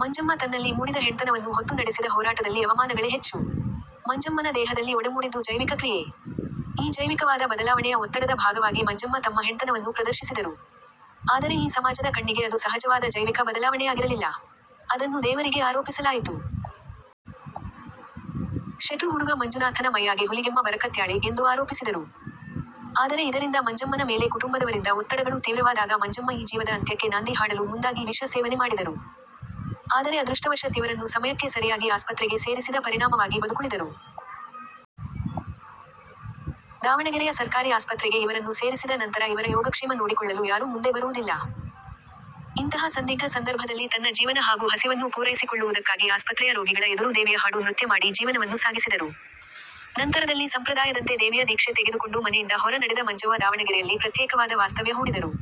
ಮಂಜಮ್ಮ ತನ್ನಲ್ಲಿ ಮೂಡಿದ ಹೆಣ್ತನವನ್ನು ಹೊತ್ತು ನಡೆಸಿದ ಹೋರಾಟದಲ್ಲಿ ಅವಮಾನಗಳೆ ಹೆಚ್ಚು. ಮಂಜಮ್ಮನ ದೇಹದಲ್ಲಿ ಒಡಮೂಡಿದ್ದು ಜೈವಿಕ ಕ್ರಿಯೆ. ಈ ಜೈವಿಕವಾದ ಬದಲಾವಣೆಯ ಒತ್ತಡದ ಭಾಗವಾಗಿ ಮಂಜಮ್ಮ ತಮ್ಮ ಹೆಣ್ತನವನ್ನು ಪ್ರದರ್ಶಿಸಿದರು. ಆದರೆ ಈ ಸಮಾಜದ ಕಣ್ಣಿಗೆ ಅದು ಸಹಜವಾದ ಜೈವಿಕ ಬದಲಾವಣೆಯಾಗಿರಲಿಲ್ಲ. ಅದನ್ನು ದೇವರಿಗೆ ಆರೋಪಿಸಲಾಯಿತು. 'ಶೆಟ್ರು ಹುಡುಗ ಮಂಜುನಾಥನ ಮೈಯಾಗೆ ಹುಲಿಗೆಮ್ಮ ಬರಕತ್ಯಾಳೆ' ಎಂದು ಆರೋಪಿಸಿದರು. ಆದರೆ ಇದರಿಂದ ಮಂಜಮ್ಮನ ಮೇಲೆ ಕುಟುಂಬದವರಿಂದ ಒತ್ತಡಗಳು ತೀವ್ರವಾದಾಗ ಮಂಜಮ್ಮ ಈ ಜೀವದ ಅಂತ್ಯಕ್ಕೆ ನಾಂದಿ ಹಾಡಲು ಮುಂದಾಗಿ ವಿಷ ಸೇವನೆ ಮಾಡಿದರು. ಆದರೆ ಅದೃಷ್ಟವಶತ್ ಇವರನ್ನು ಸಮಯಕ್ಕೆ ಸರಿಯಾಗಿ ಆಸ್ಪತ್ರೆಗೆ ಸೇರಿಸಿದ ಪರಿಣಾಮವಾಗಿ ಬದುಕುಳಿದರು. ದಾವಣಗೆರೆಯ ಸರ್ಕಾರಿ ಆಸ್ಪತ್ರೆಗೆ ಇವರನ್ನು ಸೇರಿಸಿದ ನಂತರ ಇವರ ಯೋಗಕ್ಷೇಮ ನೋಡಿಕೊಳ್ಳಲು ಯಾರು ಮುಂದೆ ಬರುವುದಿಲ್ಲ. ಇಂತಹ ಸಂದಿಗ್ಧ ಸಂದರ್ಭದಲ್ಲಿ ತನ್ನ ಜೀವನ ಹಾಗೂ ಹಸಿವನ್ನು ಪೂರೈಸಿಕೊಳ್ಳುವುದಕ್ಕಾಗಿ ಆಸ್ಪತ್ರೆಯ ರೋಗಿಗಳ ಎದುರು ದೇವಿಯ ಹಾಡು ನೃತ್ಯ ಮಾಡಿ ಜೀವನವನ್ನು ಸಾಗಿಸಿದರು. ನಂತರದಲ್ಲಿ ಸಂಪ್ರದಾಯದಂತೆ ದೇವಿಯ ದೀಕ್ಷೆ ತೆಗೆದುಕೊಂಡು ಮನೆಯಿಂದ ಹೊರ ನಡೆದ ಮಂಜವ್ವ ದಾವಣಗೆರೆಯಲ್ಲಿ ಪ್ರತ್ಯೇಕವಾದ ವಾಸ್ತವ್ಯ ಹೂಡಿದರು.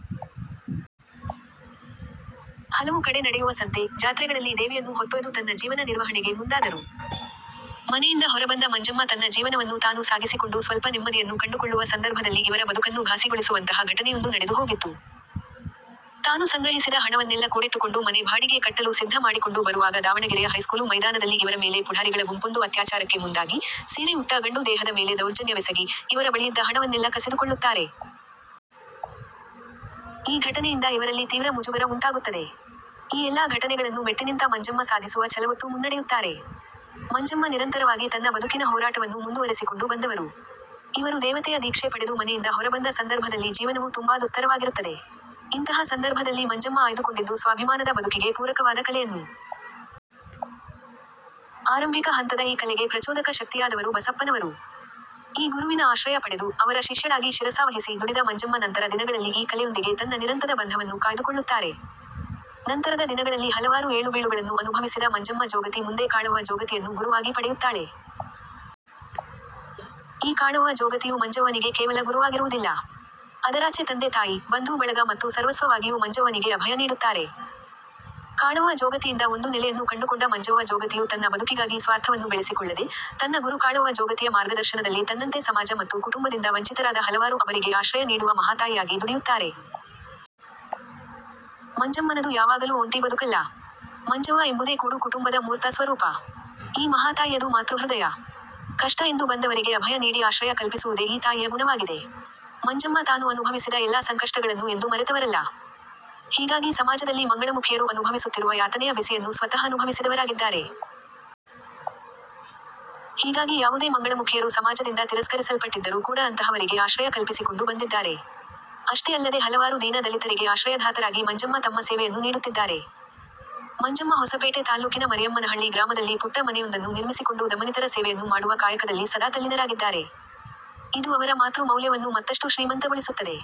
ಹಲವು ಕಡೆ ನಡೆಯುವ ಸಂತೆ, ಜಾತ್ರೆಗಳಲ್ಲಿ ದೇವಿಯನ್ನು ಹೊತ್ತೊಯ್ದು ತನ್ನ ಜೀವನ ನಿರ್ವಹಣೆಗೆ ಮುಂದಾದರು. ಮನೆಯಿಂದ ಹೊರಬಂದ ಮಂಜಮ್ಮ ತನ್ನ ಜೀವನವನ್ನು ತಾನು ಸಾಗಿಸಿಕೊಂಡು ಸ್ವಲ್ಪ ನೆಮ್ಮದಿಯನ್ನು ಕಂಡುಕೊಳ್ಳುವ ಸಂದರ್ಭದಲ್ಲಿ ಇವರ ಬದುಕನ್ನು ಘಾಸಿಗೊಳಿಸುವಂತಹ ಘಟನೆಯೊಂದು ನಡೆದು ಹೋಗಿತ್ತು. ತಾನು ಸಂಗ್ರಹಿಸಿದ ಹಣವನ್ನೆಲ್ಲ ಕೂಡಿಟ್ಟುಕೊಂಡು ಮನೆ ಬಾಡಿಗೆ ಕಟ್ಟಲು ಸಿದ್ಧ ಮಾಡಿಕೊಂಡು ಬರುವಾಗ ದಾವಣಗೆರೆಯ ಹೈಸ್ಕೂಲು ಮೈದಾನದಲ್ಲಿ ಇವರ ಮೇಲೆ ಪುಢಾರಿಗಳ ಗುಂಪೊಂದು ಅತ್ಯಾಚಾರಕ್ಕೆ ಮುಂದಾಗಿ, ಸೀರೆ ಉಟ್ಟ ಗಂಡು ದೇಹದ ಮೇಲೆ ದೌರ್ಜನ್ಯವೆಸಗಿ, ಇವರ ಬಳಿಯಿದ್ದ ಹಣವನ್ನೆಲ್ಲ ಕಸಿದುಕೊಳ್ಳುತ್ತಾರೆ. ಈ ಘಟನೆಯಿಂದ ಇವರಲ್ಲಿ ತೀವ್ರ ಮುಜುಗರ ಉಂಟಾಗುತ್ತದೆ. ಈ ಎಲ್ಲಾ ಘಟನೆಗಳನ್ನು ಮೆಟ್ಟಿನಿಂತ ಮಂಜಮ್ಮ ಸಾಧಿಸುವ ಛಲವೊತ್ತು ಮುನ್ನಡೆಯುತ್ತಾರೆ. ಮಂಜಮ್ಮ ನಿರಂತರವಾಗಿ ತನ್ನ ಬದುಕಿನ ಹೋರಾಟವನ್ನು ಮುಂದುವರೆಸಿಕೊಂಡು ಬಂದವರು. ಇವರು ದೇವತೆಯ ದೀಕ್ಷೆ ಪಡೆದು ಮನೆಯಿಂದ ಹೊರಬಂದ ಸಂದರ್ಭದಲ್ಲಿ ಜೀವನವು ತುಂಬಾ ದುಸ್ತರವಾಗಿರುತ್ತದೆ. ಇಂತಹ ಸಂದರ್ಭದಲ್ಲಿ ಮಂಜಮ್ಮ ಆಯ್ದುಕೊಂಡಿದ್ದು ಸ್ವಾಭಿಮಾನದ ಬದುಕಿಗೆ ಪೂರಕವಾದ ಕಲೆಯನ್ನು. ಆರಂಭಿಕ ಹಂತದ ಈ ಕಲೆಗೆ ಪ್ರಚೋದಕ ಶಕ್ತಿಯಾದವರು ಬಸಪ್ಪನವರು. ಈ ಗುರುವಿನ ಆಶ್ರಯ ಪಡೆದು, ಅವರ ಶಿಷ್ಯಳಾಗಿ ಶಿರಸಾವಹಿಸಿ ದುಡಿದ ಮಂಜಮ್ಮ ನಂತರ ದಿನಗಳಲ್ಲಿ ಈ ಕಲೆಯೊಂದಿಗೆ ತನ್ನ ನಿರಂತದ ಬಂಧವನ್ನು ಕಾಯ್ದುಕೊಳ್ಳುತ್ತಾರೆ. ನಂತರದ ದಿನಗಳಲ್ಲಿ ಹಲವಾರು ಏಳುಬೀಳುಗಳನ್ನು ಅನುಭವಿಸಿದ ಮಂಜಮ್ಮ ಜೋಗತಿ ಮುಂದೆ ಕಾಳವ್ವ ಜೋಗತಿಯನ್ನು ಗುರುವಾಗಿ ಪಡೆಯುತ್ತಾಳೆ. ಈ ಕಾಳವ್ವ ಜೋಗತಿಯು ಮಂಜವ್ವನಿಗೆ ಕೇವಲ ಗುರುವಾಗಿರುವುದಿಲ್ಲ. ಅದರಾಚೆ ತಂದೆ ತಾಯಿ, ಬಂಧು ಬಳಗ ಮತ್ತು ಸರ್ವಸ್ವವಾಗಿಯೂ ಮಂಜವ್ವನಿಗೆ ಅಭಯ ನೀಡುತ್ತಾರೆ. ಕಾಳವ್ವ ಜೋಗತಿಯಿಂದ ಒಂದು ನೆಲೆಯನ್ನು ಕಂಡುಕೊಂಡ ಮಂಜವ್ವ ಜೋಗತಿಯು ತನ್ನ ಬದುಕಿಗಾಗಿ ಸ್ವಾರ್ಥವನ್ನು ಬೆಳೆಸಿಕೊಳ್ಳದೆ, ತನ್ನ ಗುರು ಕಾಳವ್ವ ಜೋಗತಿಯ ಮಾರ್ಗದರ್ಶನದಲ್ಲಿ ತನ್ನಂತೆ ಸಮಾಜ ಮತ್ತು ಕುಟುಂಬದಿಂದ ವಂಚಿತರಾದ ಹಲವಾರು ಅಬಲರಿಗೆ ಆಶ್ರಯ ನೀಡುವ ಮಹಾತಾಯಿಯಾಗಿ ದುಡಿಯುತ್ತಾರೆ. ಮಂಜಮ್ಮನದು ಯಾವಾಗಲೂ ಒಂಟಿ ಬದುಕಲ್ಲ. ಮಂಜವ್ವ ಎಂಬುದೇ ಕೂಡು ಕುಟುಂಬದ ಮೂರ್ತ ಸ್ವರೂಪ. ಈ ಮಹಾತಾಯಿಯದು ಮಾತೃ ಹೃದಯ. ಕಷ್ಟ ಎಂದು ಬಂದವರಿಗೆ ಅಭಯ ನೀಡಿ ಆಶ್ರಯ ಕಲ್ಪಿಸುವುದೆ ಈ ತಾಯಿಯ ಗುಣವಾಗಿದೆ. ಮಂಜಮ್ಮ ತಾನು ಅನುಭವಿಸಿದ ಎಲ್ಲಾ ಸಂಕಷ್ಟಗಳನ್ನು ಎಂದು ಮರೆತವರಲ್ಲ. ಹೀಗಾಗಿ ಸಮಾಜದಲ್ಲಿ ಮಂಗಳಮುಖಿಯರು ಅನುಭವಿಸುತ್ತಿರುವ ಯಾತನೆಯ ಬಿಸಿಯನ್ನು ಸ್ವತಃ ಅನುಭವಿಸಿದವರಾಗಿದ್ದಾರೆ. ಹೀಗಾಗಿ ಯಾವುದೇ ಮಂಗಳಮುಖಿಯರು ಸಮಾಜದಿಂದ ತಿರಸ್ಕರಿಸಲ್ಪಟ್ಟಿದ್ದರು ಕೂಡ ಅಂತಹವರಿಗೆ ಆಶ್ರಯ ಕಲ್ಪಿಸಿಕೊಂಡು ಬಂದಿದ್ದಾರೆ. ಅಷ್ಟೇ ಅಲ್ಲದೆ ಹಲವಾರು ದೀನ ದಲಿತರಿಗೆ ಆಶ್ರಯಧಾತರಾಗಿ ಮಂಜಮ್ಮ ತಮ್ಮ ಸೇವೆಯನ್ನು ನೀಡುತ್ತಿದ್ದಾರೆ. ಮಂಜಮ್ಮ ಹೊಸಪೇಟೆ ತಾಲ್ಲೂಕಿನ ಮರಿಯಮ್ಮನಹಳ್ಳಿ ಗ್ರಾಮದಲ್ಲಿ ಪುಟ್ಟ ಮನೆಯೊಂದನ್ನು ನಿರ್ಮಿಸಿಕೊಂಡು ದಮನಿತರ ಸೇವೆಯನ್ನು ಮಾಡುವ ಕಾಯಕದಲ್ಲಿ ಸದಾ ತಲ್ಲಿನರಾಗಿದ್ದಾರೆ. ಇದು ಅವರ ಮಾತೃ ಮೌಲ್ಯವನ್ನು ಮತ್ತಷ್ಟು ಶ್ರೀಮಂತಗೊಳಿಸುತ್ತದೆ.